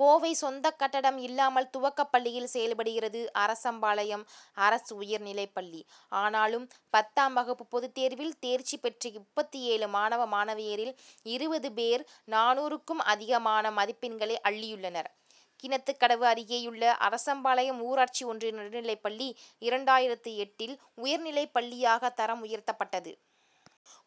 கோவை சொந்த கட்டடம் இல்லாமல் துவக்கப்பள்ளியில் செயல்படுகிறது, அரசம்பாளையம் அரசு உயர் நிலைப்பள்ளி. ஆனாலும், பத்தாம் வகுப்பு பொதுத்தேர்வில் தேர்ச்சி பெற்ற முப்பத்து ஏழு மாணவ, மாணவியரில் இருபது பேர் நானூறுக்கும் அதிகமான மதிப்பெண்களை அள்ளியுள்ளனர். கிணத்துக்கடவு அருகேயுள்ளஅரசம்பாளையம் ஊராட்சி ஒன்றிய நடுநிலைப்பள்ளி, இரண்டாயிரத்து எட்டில் உயர் நிலைப்பள்ளியாக தரம் உயர்த்தப்பட்டது.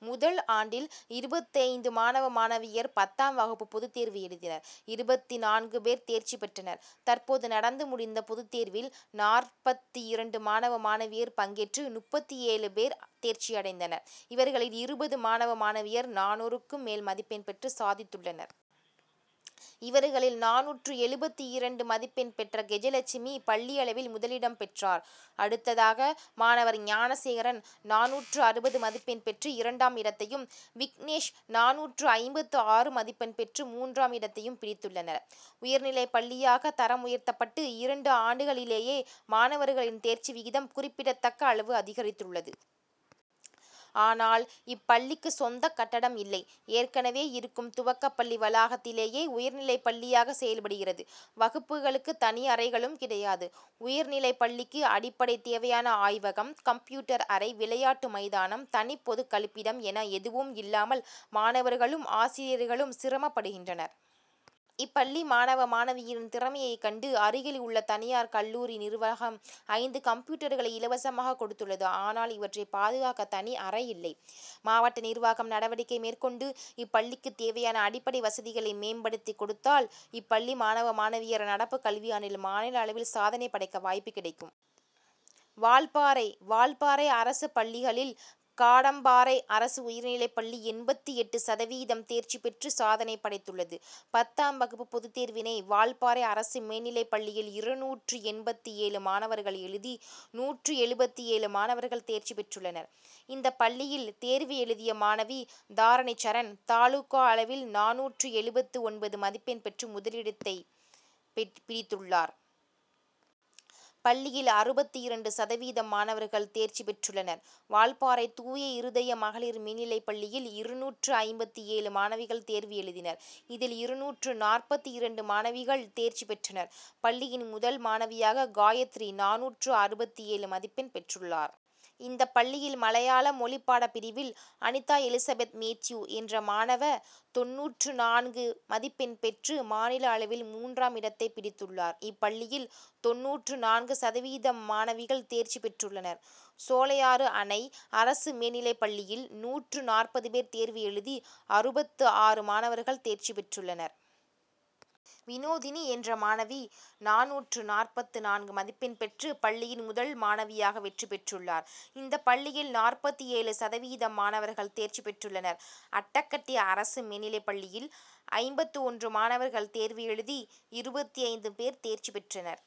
முதல் ஆண்டில் இருபத்தைந்து மாணவ, மாணவியர் பத்தாம் வகுப்பு பொதுத்தேர்வு எழுதினர் இருபத்து நான்கு பேர் தேர்ச்சி பெற்றனர். தற்போது நடந்து முடிந்த பொதுத்தேர்வில் நாற்பத்து இரண்டு மாணவ, மாணவியர் பங்கேற்று முப்பத்து ஏழு பேர் தேர்ச்சி அடைந்தனர். இவர்களில் இருபது மாணவ, மாணவியர் நானூறுக்கு மேல் மதிப்பெண் பெற்று சாதித்துள்ளனர். இவர்களில் நானூற்று எழுபத்து இரண்டு மதிப்பெண் பெற்ற கெஜலட்சுமி பள்ளி அளவில் முதல் இடம் பெற்றார். அடுத்ததாக, மாணவர் ஞானசேகரன் நானூற்று அறுபது மதிப்பெண் பெற்று இரண்டாம் இடத்தையும், விக்னேஷ் நானூற்று ஐம்பத்து ஆறு மதிப்பெண் பெற்று மூன்றாம் இடத்தையும் பிடித்துள்ளனர். உயர்நிலைப்பள்ளியாக தரம் உயர்த்தப்பட்டு இரண்டு ஆண்டுகளிலேயே மாணவர்களின் தேர்ச்சி விகிதம் குறிப்பிடத்தக்க அளவு அதிகரித்துள்ளது. ஆனால், இப்பள்ளிக்கு சொந்த கட்டடம் இல்லை. ஏற்கனவே இருக்கும் துவக்கப்பள்ளி வளாகத்திலேயே உயர்நிலைப்பள்ளியாக செயல்படுகிறது. வகுப்புகளுக்கு தனி அறைகளும் கிடையாது. உயர்நிலைப்பள்ளிக்கு அடிப் படை தேவையான ஆய்வகம், கம்ப் யூட்டர் அறை, விளையாட்டு மைதானம், தனி பொதுக்கழிப்பிடம் என எதுவும் இல்லாமல் மாணவர்களும், ஆசிரியர்களும் சிரமப்படுகின்றனர். இப்பள்ளி மாணவ, மாணவியரின் திறமையைக் கண்டு, அருகில் உள்ள தனியார் கல்லூரி நிர்வாகம் ஐந்து கம்ப்யூட்டர்களை இலவசமாக கொடுத்துள்ளது. ஆனால், இவற்றை பாதுகாக்க தனி அறை இல்லை. மாவட்ட நிர்வாகம் நடவடிக்கை மேற்கொண்டு இப்பள்ளிக்கு தேவையான அடிப்படை வசதிகளை மேம்படுத்தி கொடுத்தால், இப்பள்ளி மாணவ, மாணவியர் நடப்பு கல்வியாண்டில் மாநில அளவில் சாதனை படைக்க வாய்ப்பு கிடைக்கும். வால்பாறை வால்பாறை அரசு பள்ளிகளில், காடம்பாறை அரசு உயர்நிலைப்பள்ளி எண்பத்து எட்டு சதவீதம் தேர்ச்சி பெற்று சாதனை படைத்துள்ளது. பத்தாம் வகுப்பு பொது தேர்வினை வால்பாறை அரசு மேல்நிலைப்பள்ளியில் இருநூற்று எண்பத்து ஏழு மாணவர்கள் எழுதி, நூற்று எழுபத்து ஏழு மாணவர்கள் தேர்ச்சி பெற்றுள்ளனர். இந்த பள்ளியில் தேர்வு எழுதிய மாணவி தாரணிசரண் தாலுகா அளவில் நானூற்று எழுபத்து ஒன்பது மதிப்பெண் பெற்று முதலிடத்தை பிடித்துள்ளார். பள்ளியில் அறுபத்து இரண்டு சதவீதம் மாணவர்கள் தேர்ச்சி பெற்றுள்ளனர். வால்பாறை தூய இருதய மகளிர் மேல்நிலைப்பள்ளியில் இருநூற்று ஐம்பத்து ஏழு மாணவிகள் தேர்வு எழுதினர். இதில் இருநூற்று நாற்பத்து இரண்டு மாணவிகள் தேர்ச்சி பெற்றனர். பள்ளியின் முதல் மாணவியாக காயத்ரி நானூற்று அறுபத்து ஏழு மதிப்பெண் பெற்றுள்ளார். இந்த பள்ளியில் மலையாள மொழிப்பாடப்பிரிவில் அனிதாஎலிசபெத்மேத்யூ என்ற மாணவ, தொண்ணூற்று நான்கு மதிப்பெண் பெற்று மாநில அளவில் மூன்றாமிடத்தை பிடித்துள்ளார். இப்பள்ளியில் தொண்ணூற்று நான்கு சதவீதம் மாணவிகள் தேர்ச்சி பெற்றுள்ளனர். சோலையாறு அணை அரசு மேல்நிலைப்பள்ளியில் நூற்று நாற்பது பேர் தேர்வு எழுதி அறுபத்து ஆறு மாணவர்கள் தேர்ச்சி பெற்றுள்ளனர். விநோதினி என்ற மாணவி நானூற்று நாற்பத்து நான்கு மதிப்பெண் பெற்று பள்ளியின் முதல் மாணவியாக வெற்றி பெற்றுள்ளார். இந்த பள்ளியில் நாற்பத்து ஏழு சதவீதம் மாணவர்கள் தேர்ச்சி பெற்றுள்ளனர். அட்டகட்டி அரசு மேல்நிலைப்பள்ளியில் ஐம்பத்து ஒன்று மாணவர்கள் தேர்வு எழுதி, இருபத்தைந்து பேர் தேர்ச்சி பெற்றனர்.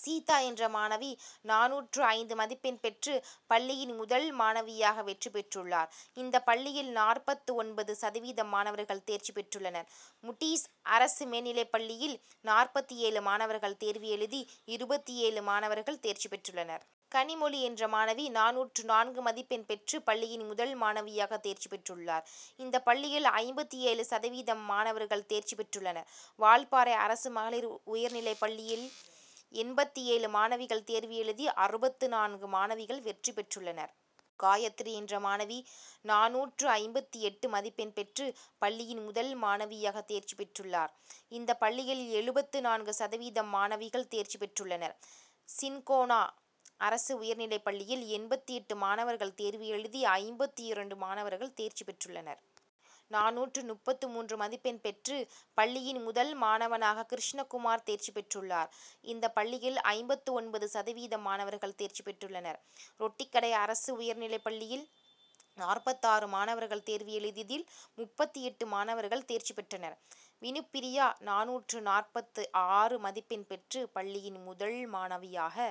சீதா என்ற மாணவி நானூற்று ஐந்து மதிப்பெண் பெற்று பள்ளியின் முதல் மாணவியாக வெற்றி பெற்றுள்ளார். இந்த பள்ளியில் நாற்பத்து ஒன்பது சதவீதம் மாணவர்கள் தேர்ச்சி பெற்றுள்ளனர். முடீஸ் அரசு மேல்நிலைப்பள்ளியில் நாற்பத்து ஏழு மாணவர்கள் தேர்வு எழுதி, இருபத்து ஏழு மாணவர்கள் தேர்ச்சி பெற்றுள்ளனர். கனிமொழி என்ற மாணவி நானூற்று நான்கு மதிப்பெண் பெற்று பள்ளியின் முதல் மாணவியாக தேர்ச்சி பெற்றுள்ளார். இந்த பள்ளியில் ஐம்பத்து ஏழு சதவீதம் மாணவர்கள் தேர்ச்சி பெற்றுள்ளனர். வால்பாறை அரசு மகளிர் உயர்நிலைப்பள்ளியில் எண்பத்து ஏழு மாணவிகள் தேர்வு எழுதி, அறுபத்து நான்கு மாணவிகள் வெற்றி பெற்றுள்ளனர். காயத்ரி என்ற மாணவி நானூற்று ஐம்பத்து எட்டு மதிப்பெண் பெற்று பள்ளியின் முதல் மாணவியாக தேர்ச்சி பெற்றுள்ளார். இந்த பள்ளியில் எழுபத்து நான்கு சதவீதம் மாணவிகள் தேர்ச்சி பெற்றுள்ளனர். சின்கோனா அரசு உயர்நிலைப்பள்ளியில் எண்பத்து எட்டு மாணவர்கள் தேர்வு எழுதி ஐம்பத்து இரண்டு மாணவர்கள் தேர்ச்சி பெற்றுள்ளனர். நானூற்று முப்பத்து மூன்று மதிப்பெண் பெற்று பள்ளியின் முதல் மாணவனாக கிருஷ்ணகுமார் தேர்ச்சி பெற்றுள்ளார். இந்த பள்ளியில் ஐம்பத்து ஒன்பது சதவீதம் மாணவர்கள் தேர்ச்சி பெற்றுள்ளனர். ரொட்டிக்கடை அரசு உயர்நிலைப்பள்ளியில் நாற்பத்து ஆறு மாணவர்கள் தேர்வு எழுதியதில் முப்பத்து எட்டு மாணவர்கள் தேர்ச்சி பெற்றனர். வினுப்பிரியா நானூற்று நாற்பத்து ஆறு மதிப்பெண் பெற்று பள்ளியின் முதல் மாணவியாக